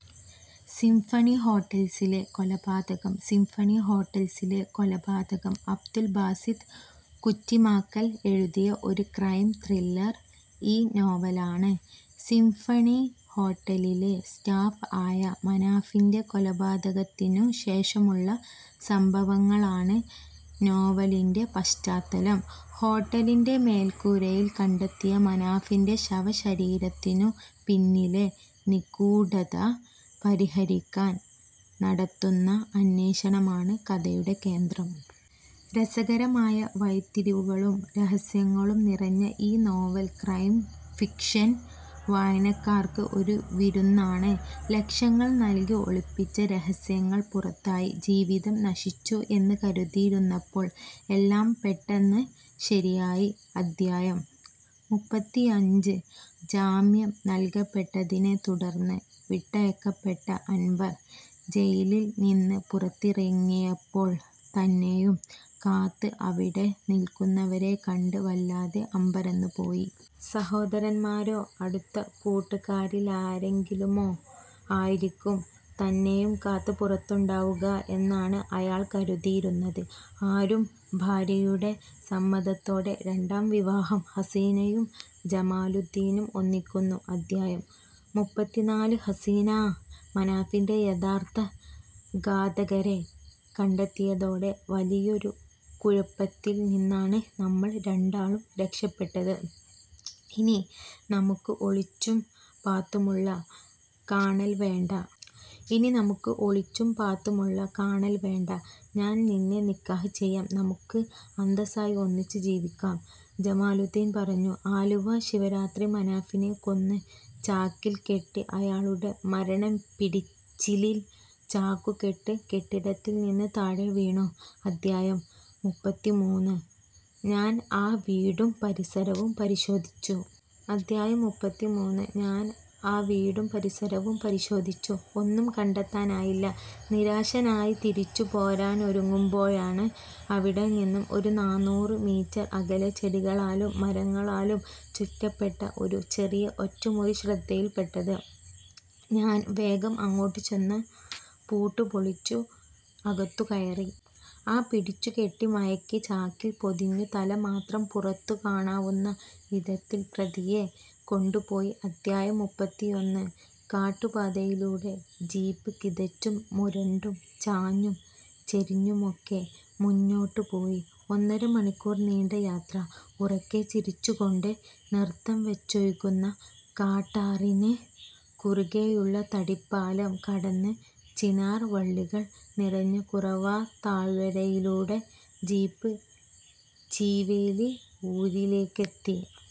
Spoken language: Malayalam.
സിംഫണി ഹോട്ടൽസിലെ കൊലപാതകം 'സിംഫണി ഹോട്ടൽസിലെ കൊലപാതകം' അബ്ദുൽ ബാസിത്ത് കുറ്റിമാക്കൽ എഴുതിയ ഒരു ക്രൈം ത്രില്ലർ ഇ-നോവലാണ്. സിംഫണി ഹോട്ടലിലെ സ്റ്റാഫ് ആയ മനാഫിന്റെ കൊലപാതകത്തിനു ശേഷമുള്ള സംഭവങ്ങളാണ് നോവലിന്റെ പശ്ചാത്തലം. ഹോട്ടലിന്റെ മേൽക്കൂരയിൽ കണ്ടെത്തിയ മനാഫിന്റെ ശവശരീരത്തിനു പിന്നിലെ നിഗൂഢത പരിഹരിക്കാൻ നടത്തുന്ന അന്വേഷണമാണ് കഥയുടെ കേന്ദ്രം. രസകരമായ വഴിത്തിരിവുകളും രഹസ്യങ്ങളും നിറഞ്ഞ ഈ നോവൽ ക്രൈം ഫിക്ഷൻ വായനക്കാര്ക്ക് ഒരു വിരുന്നാണ്. 'ലക്ഷങ്ങൾ നൽകി ഒളിപ്പിച്ച രഹസ്യങ്ങൾ പുറത്തായി, ജീവിതം നശിച്ചു എന്ന് കരുതിയിരുന്നപ്പോൾ എല്ലാം പെട്ടെന്ന് ശരിയായി' അധ്യായം: മുപ്പത്തിയഞ്ച് ജാമ്യം നൽകപ്പെട്ടതിനെത്തുടർന്ന് വിട്ടയക്കപ്പെട്ട അൻവർ, ജയിലിൽ നിന്ന് പുറത്തിറങ്ങിയപ്പോൾ തന്നെയും കാത്ത് അവിടെ നിൽക്കുന്നവരെക്കണ്ട് വല്ലാതെ അമ്പരന്ന് പോയി! സഹോദരന്മാരോ, അടുത്ത കൂട്ടുകാരിലാരെങ്കിലുമോ ആയിരിക്കും തന്നെയും കാത്ത് പുറത്തുണ്ടാവുക എന്നാണ് അയാൾ കരുതിയിരുന്നത്. ആരും ഭാര്യയുടെ സമ്മതത്തോടെ രണ്ടാം വിവാഹം; 'ഹസീനയും ജമാലുദ്ധീനും ഒന്നിക്കുന്നു' അധ്യായം: മുപ്പത്തിനാല് "ഹസീനാ... മനാഫിന്റെ യഥാർത്ഥ ഘാതകരെ കണ്ടെത്തിയതോടെ വലിയൊരു കുഴപ്പത്തിൽ നിന്നാണ് നമ്മൾ രണ്ടാളും രക്ഷപ്പെട്ടത്. ഇനി നമുക്ക് ഒളിച്ചും പാത്തുമുള്ള കാണൽ വേണ്ട. ഇനി നമുക്ക് ഒളിച്ചും പാത്തുമുള്ള കാണൽ വേണ്ട. ഞാൻ നിന്നെ നിക്കാഹ് ചെയ്യാം. നമുക്ക് അന്തസായി ഒന്നിച്ച് ജീവിക്കാം. " ജമാലുദ്ധീൻ പറഞ്ഞു. ആലുവ ശിവരാത്രി 'മനാഫിനെ കൊന്ന് ചാക്കിൽ കെട്ടി, അയാളുടെ മരണപിടച്ചിലിൽ ചാക്കുകെട്ട് കെട്ടിടത്തിൽ നിന്ന് താഴെ വീണു... ' അധ്യായം: മുപ്പത്തിമൂന്ന് "ഞാൻ ആ വീടും പരിസരവും പരിശോധിച്ചു. ' അധ്യായം: മുപ്പത്തിമൂന്ന് "ഞാൻ ആ വീടും പരിസരവും പരിശോധിച്ചു. ഒന്നും കണ്ടെത്താനായില്ല. നിരാശനായി തിരിച്ചു പോരാനൊരുങ്ങുമ്പോഴാണ് അവിടെ നിന്നും ഒരു നാനൂറ് മീറ്റർ അകലെ ചെടികളാലും മരങ്ങളാലും ചുറ്റപ്പെട്ട ഒരു ചെറിയ ഒറ്റമുറി ശ്രദ്ധയിൽ പെട്ടത്. ഞാൻ വേഗം അങ്ങോട്ട് ചെന്നു. പൂട്ട് പൊളിച്ച് അകത്തു കയറി. ആ 'പിടിച്ചു കെട്ടി, മയക്കി ചാക്കിൽ പൊതിഞ്ഞു; തല മാത്രം പുറത്തു കാണാവുന്ന വിധത്തിൽ പ്രതിയെ കൊണ്ടു പോയി' അധ്യായം: മുപ്പത്തിയൊന്ന് കാട്ടുപാതയിലൂടെ ജീപ്പ് കിതച്ചും മുരണ്ടും ചാഞ്ഞും ചെരിഞ്ഞുമൊക്കെ മുന്നോട്ട് പോയി. ഒന്നര മണിക്കൂർ നീണ്ട യാത്ര... ഉറക്കെ ചിരിച്ചു കൊണ്ട് നൃത്തം വെച്ചൊഴുകുന്ന കാട്ടാറിന് കുറുകെയുള്ള തടിപ്പാലം കടന്ന്, ചിനാർ വള്ളികൾ നിറഞ്ഞ കുറവാ താഴ്വരയിലൂടെ ജീപ്പ് ചീവേലി ഊരിലേക്കെത്തി.